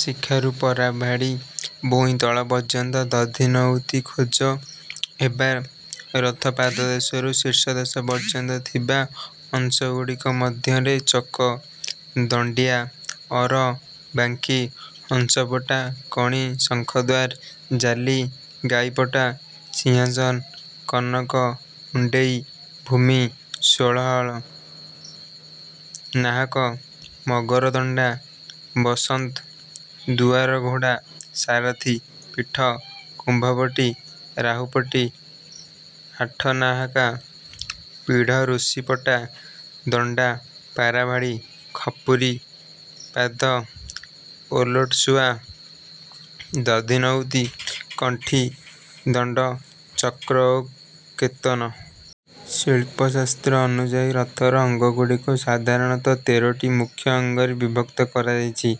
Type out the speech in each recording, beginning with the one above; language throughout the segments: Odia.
ଶିଖାରୁ ପାରାଭାଡ଼ି ଭୂଇଁ ତଳ ପର୍ଯ୍ୟନ୍ତ ଦଧିନଉତି ଖୋଜ ହେବ। ରଥ ପାଦଦେଶରୁ ଶୀର୍ଷଦେଶ ପର୍ଯ୍ୟନ୍ତ ଥିବା ଅଂଶଗୁଡ଼ିକ ମଧ୍ୟରେ - ଚକ, ଦଣ୍ଡିଆ, ଅର, ବାଙ୍କି, ହଂସପଟା, କଣି, ଶଙ୍ଖଦ୍ୱାର, ଜାଲି, ଗାଈପଟା, ସିଂହାସନ, କନକ ମୁଣ୍ଡେଇ, ଭୂମି, ଷୋହଳ ନାହାକ, ମଗରଦଣ୍ଡା, ବସନ୍ତ, ଦୁଆରଘୋଡ଼ା, ସାରଥୀ ପୀଠ, କୁମ୍ଭପଟି, ରାହୁପଟି, ଆଠ ନାହାକା, ପୀଢ଼, ଋଷିପଟା, ଦଣ୍ଡା, ପାରାଭାଡ଼ି, ଖପୁରୀ, ପାଦ, ଓଲଟ ଶୁଆ, ଦଧିନଉତି, କଣ୍ଠି, ଦଣ୍ଡ, ଚକ୍ର ଓ କେତନ। ଶିଳ୍ପଶାସ୍ତ୍ରାନୁଯାୟୀ ରଥର ଅଙ୍ଗଗୁଡ଼ିକୁ ସାଧାରଣତଃ ତେରଟି ମୁଖ୍ୟ ଅଙ୍ଗରେ ବିଭକ୍ତ କରାଯାଇଛି।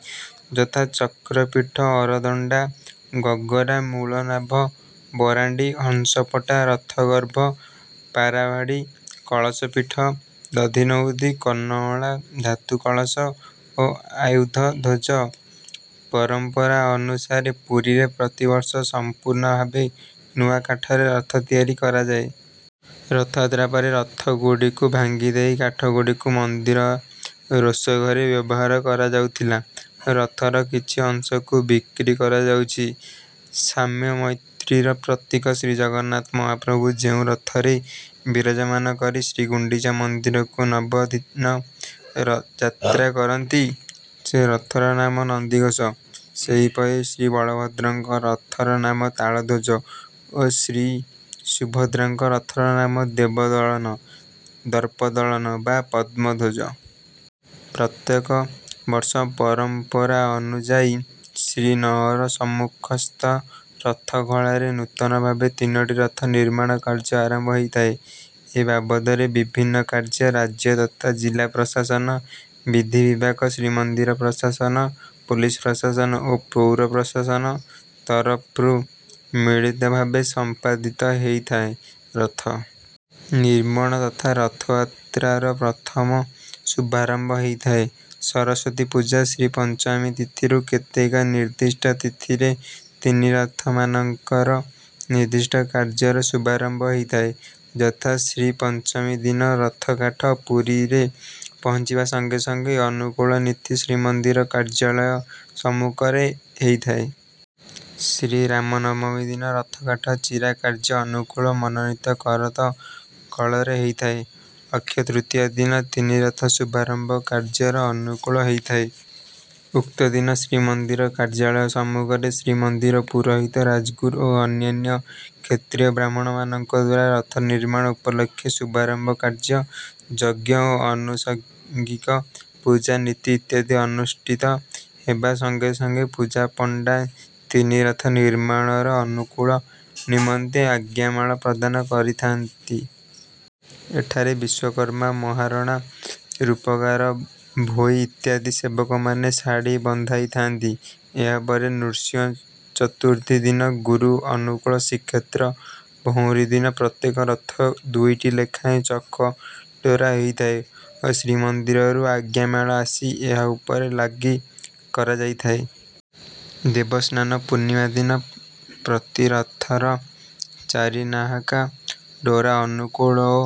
ଯଥା ଚକ୍ରପୀଠ, ଅରଦଣ୍ଡା, ଗଗରା, ମୂଳନାଭ, ବରାଣ୍ଡି, ହଂସପଟା, ରଥଗର୍ଭ, ପାରାଭାଡ଼ି, କଳସ ପୀଠ, ଦଧିନଉତି, କର୍ଣ୍ଣଅଁଳା, ଧାତୁ କଳସ ଓ ଆୟୁଧ ଧ୍ୱଜା। ପରମ୍ପରା ଅନୁସାରେ ପୁରୀରେ ପ୍ରତିବର୍ଷ ସମ୍ପୂର୍ଣ୍ଣ ଭାବେ ନୂଆ କାଠରେ ରଥ ତିଆରି କରାଯାଏ। ରଥଯାତ୍ରା ପରେ ରଥଗୁଡ଼ିକୁ ଭାଙ୍ଗି ଦେଇ, କାଠଗୁଡ଼ିକୁ ମନ୍ଦିର ରୋଷଘରେ ବ୍ୟବହାର କରାଯାଉଥିଲା, ରଥର କିଛି ଅଂଶକୁ ବିକ୍ରି କରାଯାଉଛି। ସାମ୍ୟ-ମୈତ୍ରୀର ପ୍ରତୀକ ଶ୍ରୀଜଗନ୍ନାଥ ମହାପ୍ରଭୁ ଯେଉଁ ରଥରେ ବିରାଜମାନ କରି ଶ୍ରୀଗୁଣ୍ଡିଚା ମନ୍ଦିରକୁ ନବଦିନ ଯାତ୍ରା କରନ୍ତି, ସେ ରଥର ନାମ ନନ୍ଦିଘୋଷ। ସେହିପରି ଶ୍ରୀବଳଭଦ୍ରଙ୍କ ରଥର ନାମ ତାଳଧ୍ୱଜ ଓ ଶ୍ରୀସୁଭଦ୍ରାଙ୍କ ରଥର ନାମ ଦେବଦଳନ, ଦର୍ପଦଳନ ବା ପଦ୍ମଧ୍ୱଜ। ପ୍ରତ୍ୟେକ ବର୍ଷ ପରମ୍ପରା ଅନୁଯାୟୀ ଶ୍ରୀନଅର ସମ୍ମୁଖସ୍ଥ ରଥଖଳାରେ ନୂତନ ଭାବେ ତିନୋଟି ରଥ ନିର୍ମାଣ କାର୍ଯ୍ୟ ଆରମ୍ଭ ହୋଇଥାଏ। ଏ ବାବଦରେ ବିଭିନ୍ନ କାର୍ଯ୍ୟ ରାଜ୍ୟ ତଥା ଜିଲ୍ଲା ପ୍ରଶାସନ, ବିଧି ବିଭାଗ, ଶ୍ରୀମନ୍ଦିର ପ୍ରଶାସନ, ପୋଲିସ ପ୍ରଶାସନ ଓ ପୌର ପ୍ରଶାସନ ତରଫରୁ ମିଳିତ ଭାବେ ସମ୍ପାଦିତ ହୋଇଥାଏ। ରଥ ନିର୍ମାଣ ତଥା ରଥଯାତ୍ରାର ପ୍ରଥମ ଶୁଭାରମ୍ଭ ହୋଇଥାଏ ସରସ୍ୱତୀ ପୂଜା ଶ୍ରୀପଞ୍ଚମୀ ତିଥିରୁ। କେତେକ ନିର୍ଦ୍ଦିଷ୍ଟ ତିଥିରେ ତିନି ରଥମାନଙ୍କର ନିର୍ଦ୍ଦିଷ୍ଟ କାର୍ଯ୍ୟର ଶୁଭାରମ୍ଭ ହୋଇଥାଏ। ଯଥା ଶ୍ରୀପଞ୍ଚମୀ ଦିନ ରଥକାଠ ପୁରୀରେ ପହଞ୍ଚିବା ସଙ୍ଗେ ସଙ୍ଗେ ଅନୁକୂଳ ନୀତି ଶ୍ରୀମନ୍ଦିର କାର୍ଯ୍ୟାଳୟ ସମ୍ମୁଖରେ ହୋଇଥାଏ। ଶ୍ରୀରାମ ନବମୀ ଦିନ ରଥକାଠ ଚିରା କାର୍ଯ୍ୟର ଅନୁକୂଳ ମନୋନୀତ କରତ କଳରେ ହୋଇଥାଏ। ଅକ୍ଷୟ ତୃତୀୟା ଦିନ ତିନି ରଥ ଶୁଭାରମ୍ଭ କାର୍ଯ୍ୟର ଅନୁକୂଳ ହୋଇଥାଏ। ଉକ୍ତ ଦିନ ଶ୍ରୀମନ୍ଦିର କାର୍ଯ୍ୟାଳୟ ସମ୍ମୁଖରେ ଶ୍ରୀମନ୍ଦିର ପୁରୋହିତ, ରାଜଗୁରୁ ଓ ଅନ୍ୟାନ୍ୟ ଶ୍ରୋତ୍ରୀୟ ବ୍ରାହ୍ମଣମାନଙ୍କ ଦ୍ୱାରା ରଥ ନିର୍ମାଣ ଉପଲକ୍ଷେ ଶୁଭାରମ୍ଭ କାର୍ଯ୍ୟ ଯଜ୍ଞ ଓ ଆନୁଷଙ୍ଗିକ ପୂଜା-ନୀତି ଇତ୍ୟାଦି ଅନୁଷ୍ଠିତ ହେବା ସଙ୍ଗେ ସଙ୍ଗେ ପୂଜାପଣ୍ଡା ତିନି ରଥ ନିର୍ମାଣର ଅନୁକୂଳ ନିମନ୍ତେ ଆଜ୍ଞାମାଳ ପ୍ରଦାନ କରିଥାନ୍ତି। ଏଠାରେ ବିଶ୍ୱକର୍ମା ମହାରଣା, ରୂପକାର, ଭୋଇ ଇତ୍ୟାଦି ସେବକମାନେ ଶାଢ଼ୀ ବନ୍ଧାଇଥାନ୍ତି। ଏହା ପରେ ନୃସିଂହ ଚତୁର୍ଦ୍ଦଶୀ ଦିନ ଗୁଜ ଅନୁକୂଳ, ଶ୍ରୀକ୍ଷେତ୍ର ଭଉଁରୀ ଦିନ ପ୍ରତ୍ୟେକ ରଥର ଦୁଇଟି ଲେଖାଏଁ ଚକ ଡେରା ହୋଇଥାଏ ଓ ଶ୍ରୀମନ୍ଦିରରୁ ଆଜ୍ଞାମାଳ ଆସି ଏହା ଉପରେ ଲାଗି କରାଯାଇଥାଏ। ଦେବସ୍ନାନ ପୂର୍ଣ୍ଣିମା ଦିନ ପ୍ରତି ରଥର ଚାରିନାହାକା ଡେରା ଅନୁକୂଳ ଓ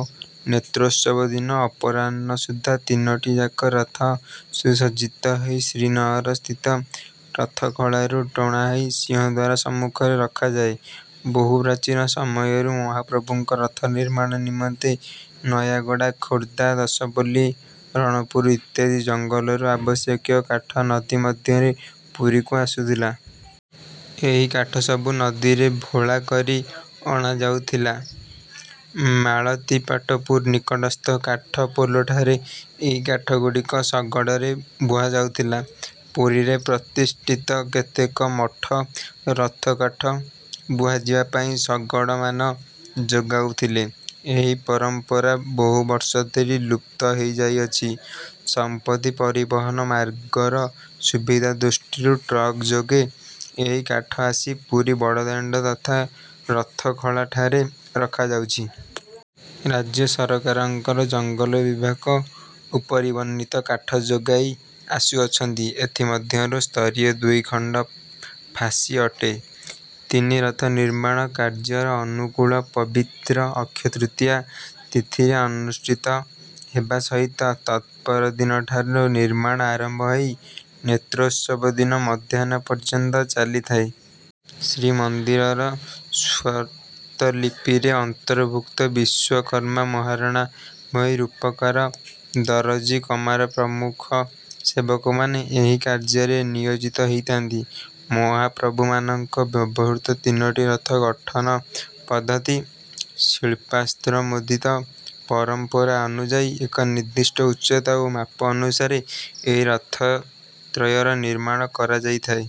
ନେତ୍ରୋତ୍ସବ ଦିନ ଅପରାହ୍ନ ସୁଦ୍ଧା ତିନୋଟି ଯାକ ରଥ ସୁସଜ୍ଜିତ ହୋଇ ଶ୍ରୀନଅର ସ୍ଥିତ ରଥଖଳାରୁ ଟଣା ହୋଇ ସିଂହଦ୍ୱାର ସମ୍ମୁଖରେ ରଖାଯାଏ। ବହୁ ପ୍ରାଚୀନ ସମୟରୁ ମହାପ୍ରଭୁମାନଙ୍କ ରଥ ନିର୍ମାଣ ନିମନ୍ତେ ନୟାଗଡ଼, ଖୋର୍ଦ୍ଧା, ଦଶପଲ୍ଲା, ରଣପୁର ଇତ୍ୟାଦି ଜଙ୍ଗଲରୁ ଆବଶ୍ୟକୀୟ କାଠ ନଦୀ ମାଧ୍ୟମରେ ପୁରୀକୁ ଆସୁଥିଲା। ଏହି କାଠସବୁ ନଦୀରେ ଭେଳା କରି ଅଣାଯାଉଥିଲାମାଳତିପାଟପୁର ନିକଟସ୍ଥ କାଠ ପୋଲଠାରୁ ଏହି କାଠଗୁଡ଼ିକ ଶଗଡ଼ରେ ବୁହାଯାଉଥିଲା। ପୁରୀରେ ପ୍ରତିଷ୍ଠିତ କେତେକ ମଠ ରଥକାଠ ବୁହାଯିବା ପାଇଁ ଶଗଡ଼ମାନ ଯୋଗାଉଥିଲେ। ଏହି ପରମ୍ପରା ବହୁ ବର୍ଷ ଧରି ଲୁପ୍ତ ହୋଇଯାଇଅଛି। ସମ୍ପ୍ରତି ପରିବହନ ମାର୍ଗର ସୁବିଧା ଦୃଷ୍ଟିରୁ ଟ୍ରକ୍ ଯୋଗେ ଏହି କାଠ ଆସି ପୁରୀ ବଡ଼ଦାଣ୍ଡ ତଥା ରଥଖଳାଠାରେ ରଖାଯାଉଛି। ରାଜ୍ୟ ସରକାରଙ୍କ ଜଙ୍ଗଲ ବିଭାଗ ଉପରିବର୍ଣ୍ଣିତ କାଠ ଯୋଗାଇ ଆସୁଛନ୍ତି, ଏଥି ମଧ୍ୟରୁ ସ୍ତରୀୟ ଦୁଇ ଖଣ୍ଡ ଫାସୀ ଅଟେ। ତିନି ରଥ ନିର୍ମାଣ କାର୍ଯ୍ୟର ଅନୁକୂଳ ପବିତ୍ର ଅକ୍ଷୟ ତୃତୀୟା ତିଥିରେ ଅନୁଷ୍ଠିତ ହେବା ସହିତ ତତ୍‌ପରଦିନଠାରୁ ନିର୍ମାଣ ଆରମ୍ଭ ହୋଇ ନେତ୍ରୋତ୍ସବ ଦିନ ମଧ୍ୟାହ୍ନ ପର୍ଯ୍ୟନ୍ତ ଚାଲିଥାଏ। ଶ୍ରୀମନ୍ଦିରର ସ୍ୱତ୍ତ୍ୱଲିପିରେ ଅନ୍ତର୍ଭୁକ୍ତବିଶ୍ୱକର୍ମାମହାରଣା, ଭୋଇ, ରୂପକାର, ଦରଜି, କମାର ପ୍ରମୁଖ ସେବକମାନେ ଏହି କାର୍ଯ୍ୟରେ ନିଯୋଜିତ ହୋଇଥାନ୍ତି। ମହାପ୍ରଭୁମାନଙ୍କ ବ୍ୟବହୃତ ତିନୋଟି ରଥର ଗଠନ ପଦ୍ଧତି ଶିଳ୍ପଶାସ୍ତ୍ରାନୁମୋଦିତ। ପରମ୍ପରା ଅନୁଯାୟୀ ଏକ ନିର୍ଦ୍ଦିଷ୍ଟ ଉଚ୍ଚତା ଓ ମାପ ଅନୁସାରେ ଏହି ରଥତ୍ରୟର ନିର୍ମାଣ କରାଯାଇଥାଏ।